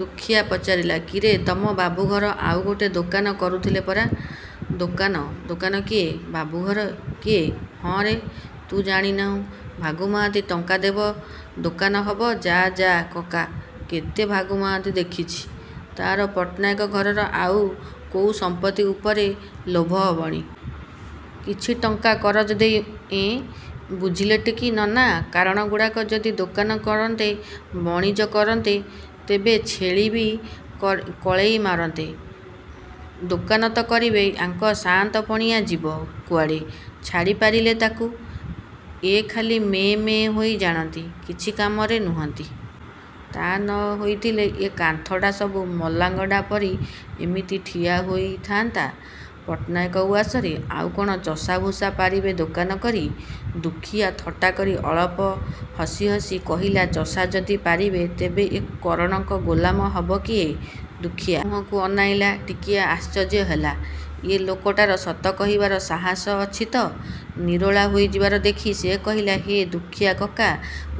ଦୁଃଖୀଆ ପଚାରିଲା, ''କିରେ, ତମ ବାବୁଘର ଆଉ ଗୋଟେ ଦୋକାନ କରୁଥିଲେ ପରା ଦୋକାନ? ଦୋକାନ କିଏ, ବାବୁଘର କିଏ? ହଁରେ, ତୁ ଜାଣି ନାହୁଁ। ଭାଗୁ ମହାନ୍ତି ଟଙ୍କା ଦେବ, ଦୋକାନ ହବ। ଯା, ଯା କକା, କେତେ ଭାଗୁ ମହାନ୍ତି ଦେଖିଚି। ତା'ର ପଟ୍ଟନାୟକ ଘରର ଆଉ କୋଉ ସମ୍ପତ୍ତି ଉପରେ ଲୋଭ ହବଣି। କିଛି ଟଙ୍କା କରଜ ଦେଇ, ଏଁ? ବୁଝିଲଟିକି ନନା? କାରଣଗୁଡ଼ାକ ଯଦି ଦୋକାନ କରନ୍ତେ, ବଣିଜ କରନ୍ତେ, ତେବେ ଛେଳିବି କଳ କଳେଇ ମାରନ୍ତେ। ଦୋକାନ ତ କରିବେ, ୟାଙ୍କ ସାଆନ୍ତ ପଣିଆ ଯିବ କୁଆଡ଼େ? ଛାଡ଼ି ପାରିଲେ ତାକୁ? ଏ ଖାଲି ମେଁ ମେଁ ହେଇ ଜାଣନ୍ତି, କିଛି କାମରେ ନୁହନ୍ତି। ତା' ନ ହେଇଥିଲେ, ଏ କାନ୍ଥଡ଼ା ସବୁ ମଲାଙ୍ଗଡ଼ାଙ୍କ ପରି ଏମିତି ଠିଆ ହେଇଥାଆନ୍ତା ପଟ୍ଟନାୟକ ଉଆସରେ? ଆଉ କ'ଣ ଚଷା ଭୁଷା ପାରିବେ ଦୋକାନ କରି?'' ଦୁଃଖୀଆ ଥଟ୍ଟା କରି ଅଳପ ହସି ହସି କହିଲାଚଷା ଯଦି ପାରିବେ, ତେବେ ଏ କରଣଙ୍କ ଗୋଲାମ ହବ କିଏ? ଦୁଃଖୀଆ ମୁହଁକୁ ଅନେଇଲା। ଟିକିଏ ଆଶ୍ଚର୍ଯ୍ୟ ହେଲା। ଏ ଲୋକଟାର ସତ କହିବାର ସାହସ ଅଛି ତ। ନିରୋଳା ହେଇଯିବାର ଦେଖି ସେ କହିଲା, ''ହେ ଦୁଃଖୀଆକାକା,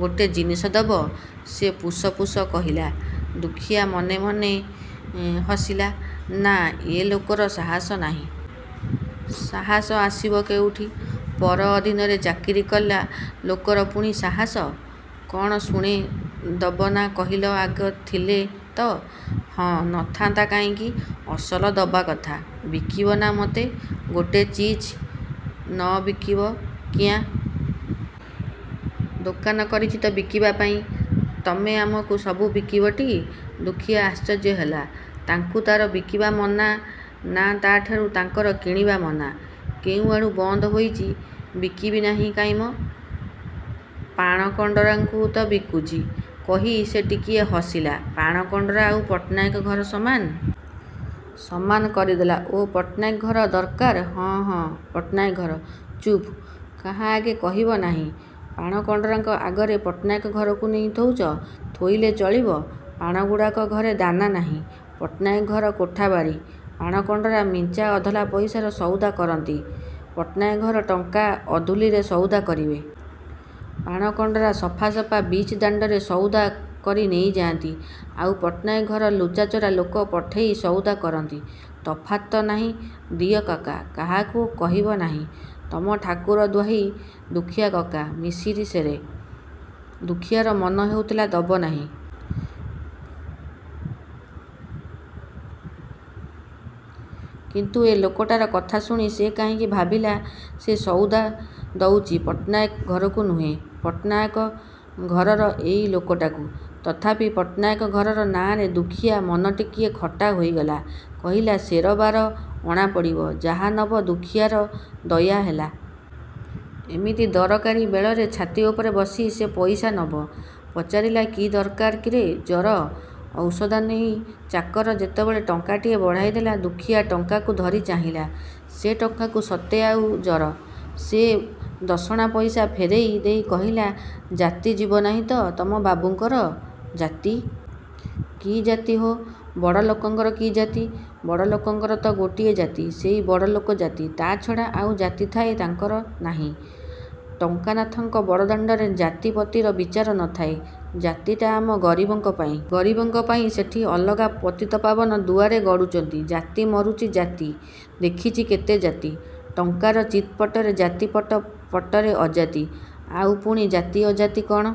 ଗୋଟେ ଜିନିଷ ଦବ?ସେ ପୁସ ପୁସ କହିଲା। ଦୁଃଖୀଆ ମନେ ମନେ ହସିଲା। ନା, ଏ ଲୋକର ସାହସ ନାହିଁ। ସାହସ ଆସିବ କେଉଠି? ପର ଅଧୀନରେ ଚାକିରି କଲା ଲୋକର ପୁଣି ସାହସ? କ'ଣ ଶୁଣେ ଦବ ନା କହିଲ ଆଗ ଥିଲେ ତ। ହଁ, ନଥାନ୍ତା କାହିଁକି। ଅସଲ ଦବା କଥା। ବିକିବ ନା ମୋତେ ଗୋଟେ ଚିଜ୍? ନ ବିକିବି କିଆଁ? ଦୋକାନ କରିଚି ତ ବିକିବାପାଇଁ। ତମେ ଆମକୁ ସବୁ ବିକିବଟି? ଦୁଃଖୀଆ ଆଶ୍ଚର୍ଯ୍ୟ ହେଲା। ତାଙ୍କୁ ତା'ର ବିକିବା ମନା, ନା, ତା'ଠୁ ତାଙ୍କର କିଣିବା ମନା? କୋଉଆଡ଼ୁ ବନ୍ଦ ହୋଇଛି? ବିକିବି ନାହିଁ କାହିଁକି ମ, ପାଣ କଣ୍ଡରାଙ୍କୁ ବି ତ ବିକୁଛି। କହି ସେ ଟିକିଏ ହସିଲା ପାଣ କଣ୍ଡରା ଆଉ ପଟ୍ଟନାୟକ ଘର ସମାନେ? ସମାନ କରିଦେଲ। ଓ, ପଟ୍ଟନାୟକ ଘର ଦରକାର?ହଁ, ହଁ, ପଟ୍ଟନାୟକ ଘର। ଚୁପ୍, କାହା ଆଗେ କହିବ ନାହିଁ। ପାଣ କଣ୍ଡରାଙ୍କ ଆଗରେ ପଟ୍ଟନାୟକ ଘରକୁ ନେଇ ଥୋଉଚ? ଥୋଇଲେ ଚଳିବ? ପାଣଗୁଡ଼ାକ, ଘରେ ଦାନା ନାହିଁ, ପଟ୍ଟନାୟକ ଘର କୋଠା ବାଡ଼ି। ପାଣ କଣ୍ଡରା ମିଞ୍ଚା ଅଧଲା ପଇସାର ସଉଦା କରନ୍ତି, ପଟ୍ଟନାୟକ ଘର ଟଙ୍କା ଅଧୁଲିର ସଉଦା କରିବେ। ପାଣ କଣ୍ଡରା ସଫା ସଫା ବିଚ ଦାଣ୍ଡରେ ସଉଦା କରି ନେଇଯାଆନ୍ତି, ଆଉ ପଟ୍ଟନାୟକ ଘର ଲୁଚାଚୋରା ଲୋକ ପଠେଇ ସଉଦା କରନ୍ତି। ତଫାତ ନାହିଁ? ଦିଅ କାକା! କାହାକୁ କହିବ ନାହିଁ। ତମ ଠାକୁର ଦ୍ୱାହି ଦୁଃଖୀଆକାକା, ମିଶିରି ସେରେ। ଦୁଃଖୀଆର ମନ ହଉଥିଲା, ଦବନାହିଁ। କିନ୍ତୁ ଏ ଲୋକଟାର କଥା ଶୁଣି ସେ କାହିଁକି ଭାବିଲା, ସେ ସଉଦା ଦଉଚି ପଟ୍ଟନାହାକ ଘରକୁ ନୁହେଁ, ପଟ୍ଟନାହାକ ଘରର ଏଇ ଲୋକଟାକୁ। ତଥାପି ପଟ୍ଟନାୟକ ଘର ନାଆଁରେ ଦୁଃଖୀଆ ମନଟିକିଏ ଖଟା ହେଇଗଲା। କହିଲା, ''ସେର ବାର ଅଣା ପଡ଼ିବ। ଯାହା ନବ ଦୁଃଖୀଆର ଦୟାହେଲା। ଏମିତି ଦରକାରୀ ବେଳରେ ଛାତି ଉପରେ ବସି ସେ ପଇସା ନବ? ପଚାରିଲା, କି ଦରକାର କିରେ? ଜର। ଔସଦ ନେଇ ଚାକର ଯେତେବେଳେ ଟଙ୍କାଟିଏ ବଢ଼ାଇ ଦେଲା, ଦୁଃଖୀଆ ଟଙ୍କାକୁ ଧରି ଚାହିଁଲା। ସେ ଟଙ୍କାକୁ ସତେ ଆଉ ଜର। ସେ ଦଶଣା ପଇସା ଫେରେଇ ଦେଇ କହିଲା, ''ଜାତି ଯିବନାହିଁ ତ ତମ ବାବୁଙ୍କର?'ଜାତି? କି ଜାତି ହୋ? ବଡ଼ଲୋକଙ୍କର କି ଜାତି? ବଡ଼ଲୋକଙ୍କର ତ ଗୋଟିଏ ଜାତି, ସେଇ ବଡ଼ଲୋକ ଜାତି, ତା' ଛଡ଼ା ଆଉ କି ଜାତି ଥାଏ ତାଙ୍କର, କାହିଁ? ଟଙ୍କା ନାଥଙ୍କ ବଡ଼ଦାଣ୍ଡରେ ଜାତି ପତିର, ବିଚାର ନ ଥାଏ। ଜାତିଟା ଆମ ଗରିବଙ୍କ ପାଇଁ। ଗରିବଙ୍କ ପାଇଁ ସେଠି ଅଲଗା ପତିତପାବନ ଦୁଆରେ ଗଡ଼ୁଛନ୍ତି। ଜାତି ମରୁଚି, ଜାତି। ଦେଖିଚି କେତେ ଜାତି। ଟଙ୍କାର ଚିତ୍ ପଟରେ ଜାତି, ପଟ୍ ପଟରେ ଅଜାତି। ଆଉ ପୁଣି ଜାତି ଅଜାତି କ'ଣ?